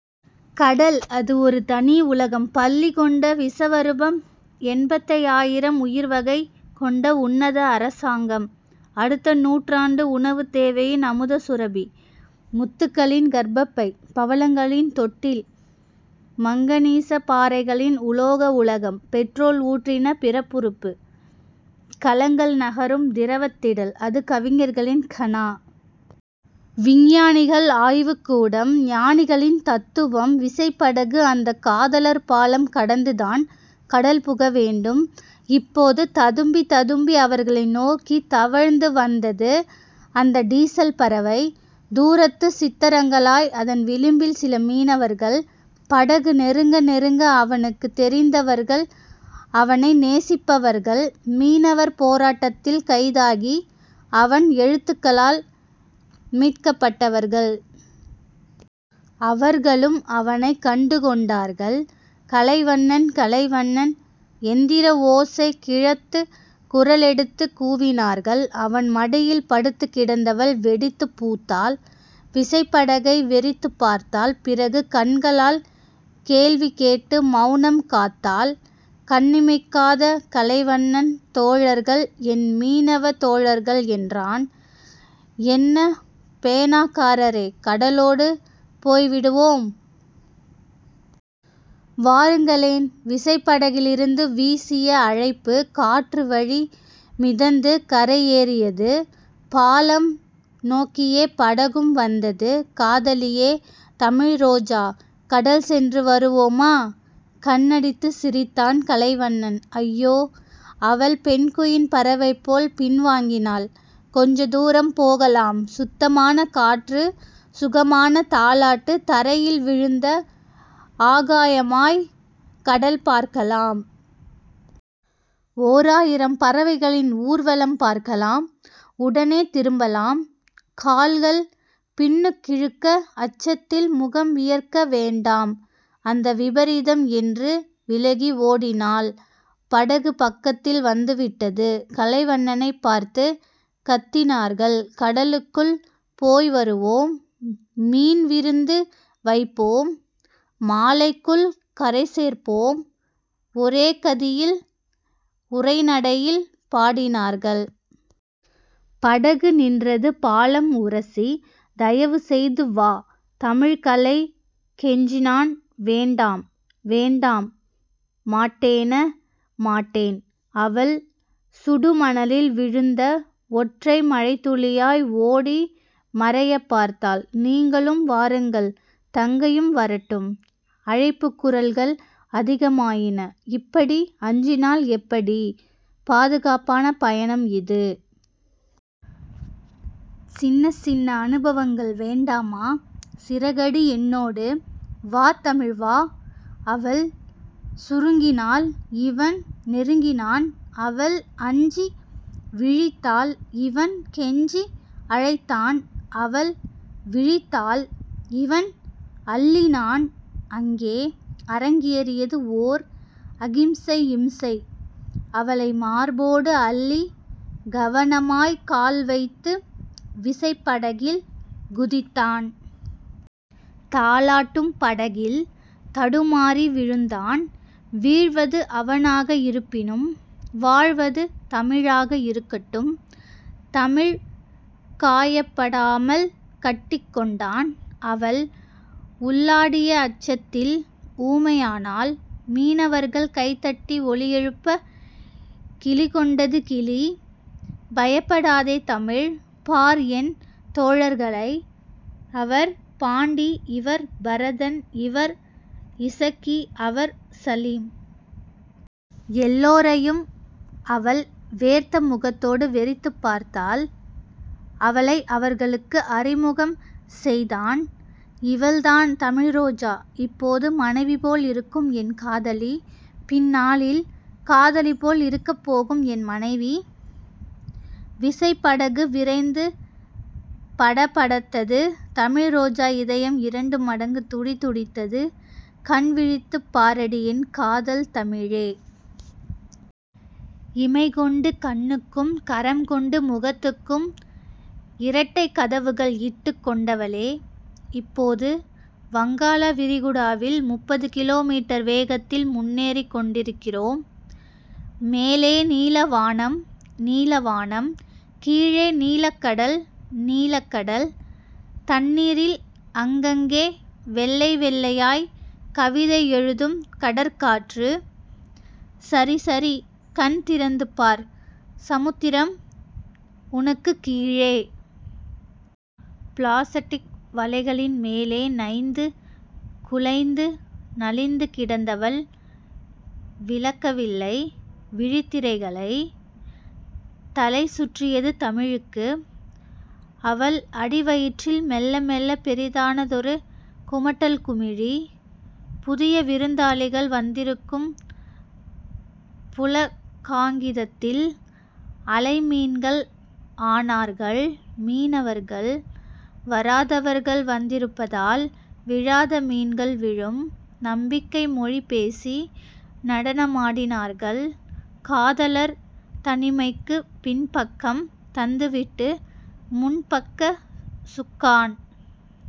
கடல். அது ஒரு தனி உலகம். பள்ளிகொண்ட விஸவருபம். எண்பத்தையாயிரம் உயிர்வகை கொண்ட உன்னத அரசாங்கம். அடுத்த நூற்றாண்டு உணவுத்தேவையின் அமுதசுரபி. முத்துக்களின் கர்ப்பப்பை. பவளங்களின் தொட்டில். மங்கனீஷ பாறைகளின் உலோக உலகம். பெட்ரோல் ஊற்றின பிறப்புறுப்பு. கலங்கள் நகரும் திரவத்திடல். அது கவிஞர்களின் கனா. விஞ்ஞானிகள் ஆய்வுக்கூடம். ஞானிகளின் தத்துவம். விசைப்படகு அந்தக் காதலர்பாலம் கடந்துதான் கடல்புக வேண்டும். இப்போது ததும்பித் ததும்பி அவர்களை நோக்கித் தவழ்ந்து வந்தது அந்த டீசல்பறவை. தூரத்துச் சித்தரங்களாய் அதன் விளிம்பில் சில மீனவர்கள். படகு நெருங்க... நெருங்க... அவனுக்குத் தெரிந்தவர்கள். அவனை நேசிப்பவர்கள். மீனவர் போராட்டத்தில் கைதாகி அவன் எழுத்துக்களால் மீட்கப்பட்டவர்கள். அவர்களும் அவனைக் கண்டுகொண்டார்கள். கலைவண்ணன். கலைவண்ணன். எந்திரஓசை கிழத்துக் குரலெடுத்துக் கூவினார்கள். அவன் மடியில் படுத்துக்கிடந்தவள் வெடித்துப் பூத்தாள். விசைப்படகை வெறித்துப் பார்த்தாள். பிறகு கண்களால் கேள்விகேட்டு மெளனம் காத்தாள். கண்ணிமைக்காத கலைவண்ணன் தோழர்கள். என் மீனவத் தோழர்கள் என்றான். என்ன பேனாக்காரரே. கடலோடு போய்விடுவோம். வாருங்களேன். விசைப்படகிலிருந்து வீசிய அழைப்பு காற்றுவழி மிதந்து கரையேறியது. பாலம் நோக்கியே படகும் வந்தது. காதலியே. தமிழ்ரோஜா. கடல்சென்று வருவோமா? கண்ணடித்துச் சிரித்தான் கலைவண்ணன். அய்யோ. அவள் பெங்குவின் பறவைபோல் பின்வாங்கினாள். கொஞ்சதூரம் போகலாம், சுத்தமான காற்று சுகமான தாலாட்டு தரையில் விழுந்த ஆகாயமாய்க் கடல்பார்க்கலாம். ஓராயிரம் பறவைகளின் ஊர்வலம் பார்க்கலாம் உடனே திரும்பலாம். கால்கள் பின்னுக்கிழுக்க அச்சத்தில் முகம் வியர்க்க வேண்டாம் அந்த விபரீதம் என்று விலகி ஓடினாள். படகு பக்கத்தில் வந்துவிட்டது. கலைவண்ணனைப் பார்த்துக் கத்தினார்கள். கடலுக்குள் போய்வருவோம் மீன்விருந்து வைப்போம் மாலைக்குள் கரைசேர்ப்போம் ஒரே கதியில் உரைநடையில் பாடினார்கள். படகு நின்றது பாலம் உரசி. தயவுசெய்து வா தமிழ் கலை கெஞ்சினான் வேண்டாம் வேண்டாம் மாட்டேன. மாட்டேன். அவள் சுடுமணலில் விழுந்த ஒற்றை மழைத்துளியாய் ஓடி மறையப்பார்த்தாள். நீங்களும் வாருங்கள் தங்கையும் வரட்டும் அழைப்புக் குரல்கள் அதிகமாயின. இப்படி அஞ்சினால் எப்படி? பாதுகாப்பான பயணம் இது. சின்னச்சின்ன அனுபவங்கள் வேண்டாமா? சிறகடி என்னோடு. வா தமிழ். வா. அவள் சுருங்கினாள் இவன் நெருங்கினான். அவள் அஞ்சி விழித்தாள் இவன் கெஞ்சி அழைத்தான். அவள் விழித்தாள். இவன் அள்ளினான். அங்கே அரங்கேறியது ஓர் அகிம்சை இம்சை அவளை மார்போடு அள்ளி கவனமாய்க் கால்வைத்து விசைப்படகில் குதித்தான். தாலாட்டும் படகில் தடுமாறி விழுந்தான். வீழ்வது அவனாக இருப்பினும் வாழ்வது தமிழாக இருக்கட்டும் தமிழ் காயப்படாமல் கட்டிக்கொண்டான். அவள் உள்ளாடிய அச்சத்தில் ஊமையானாள். மீனவர்கள் கைதட்டி ஒலிஎழுப்ப கிலிகொண்டது கிளி. பயப்படாதே தமிழ். பார் என் தோழர்களை. அவர் பாண்டி இவர் பரதன் இவர் இசக்கி அவர் சலிம். எல்லோரையும் அவள் வேர்த்த முகத்தோடு வெறித்துப் பார்த்தாள். அவளை அவர்களுக்கு அறிமுகம் செய்தான் இவள்தான் தமிழ்ரோஜா. இப்போது மனைவிபோல் இருக்கும் என் காதலி. பின்னாளில் காதலிபோல் இருக்கப்போகும் என் மனைவி. விசைப்படகு விரைந்து படபடத்தது தமிழ்ரோஜா இதயம் இரண்டுமடங்கு துடிதுடித்தது. கண்விழித்துப் பாரடி என் காதல்தமிழே. இமைகொண்டு கண்ணுக்கும் கரம்கொண்டு முகத்துக்கும் இரட்டைக்கதவுகள் இட்டுக் கொண்டவளே. இப்போது வங்காள விரிகுடாவில் முப்பது கிலோமீட்டர் வேகத்தில் முன்னேறிக் கொண்டிருக்கிறோம். மேலே நீலவானம் நீளவானம். கீழே நீலக்கடல் நீளக்கடல். தண்ணீரில் அங்கங்கே வெள்ளைவெள்ளையாய்க் கவிதை எழுதும் கடற்காற்று. சரி. சரி. கண்திறந்துபார். சமுத்திரம் உனக்குக் கீழே. பிளாஸடிக் வலைகளின்மேலே நைந்து குலைந்து நலிந்துகிடந்தவள் விலக்கவில்லை விழித்திரைகளை. தலைசுற்றியது தமிழுக்கு. அவள் அடிவயிற்றில் மெல்ல மெல்லப் பெரிதானதொரு குமட்டல் குமிழி. புதிய விருந்தாளிகள் வந்திருக்கும் புளகாங்கிதத்தில் அலைமீன்கள் ஆனார்கள் மீனவர்கள். வராதவர்கள் வந்திருப்பதால் விழாத மீன்கள் விழும். நம்பிக்கைமொழி பேசி நடனமாடினார்கள். காதலர் தனிமைக்குப் பின்பக்கம் தந்துவிட்டு முன்பக்கச் சுக்கான்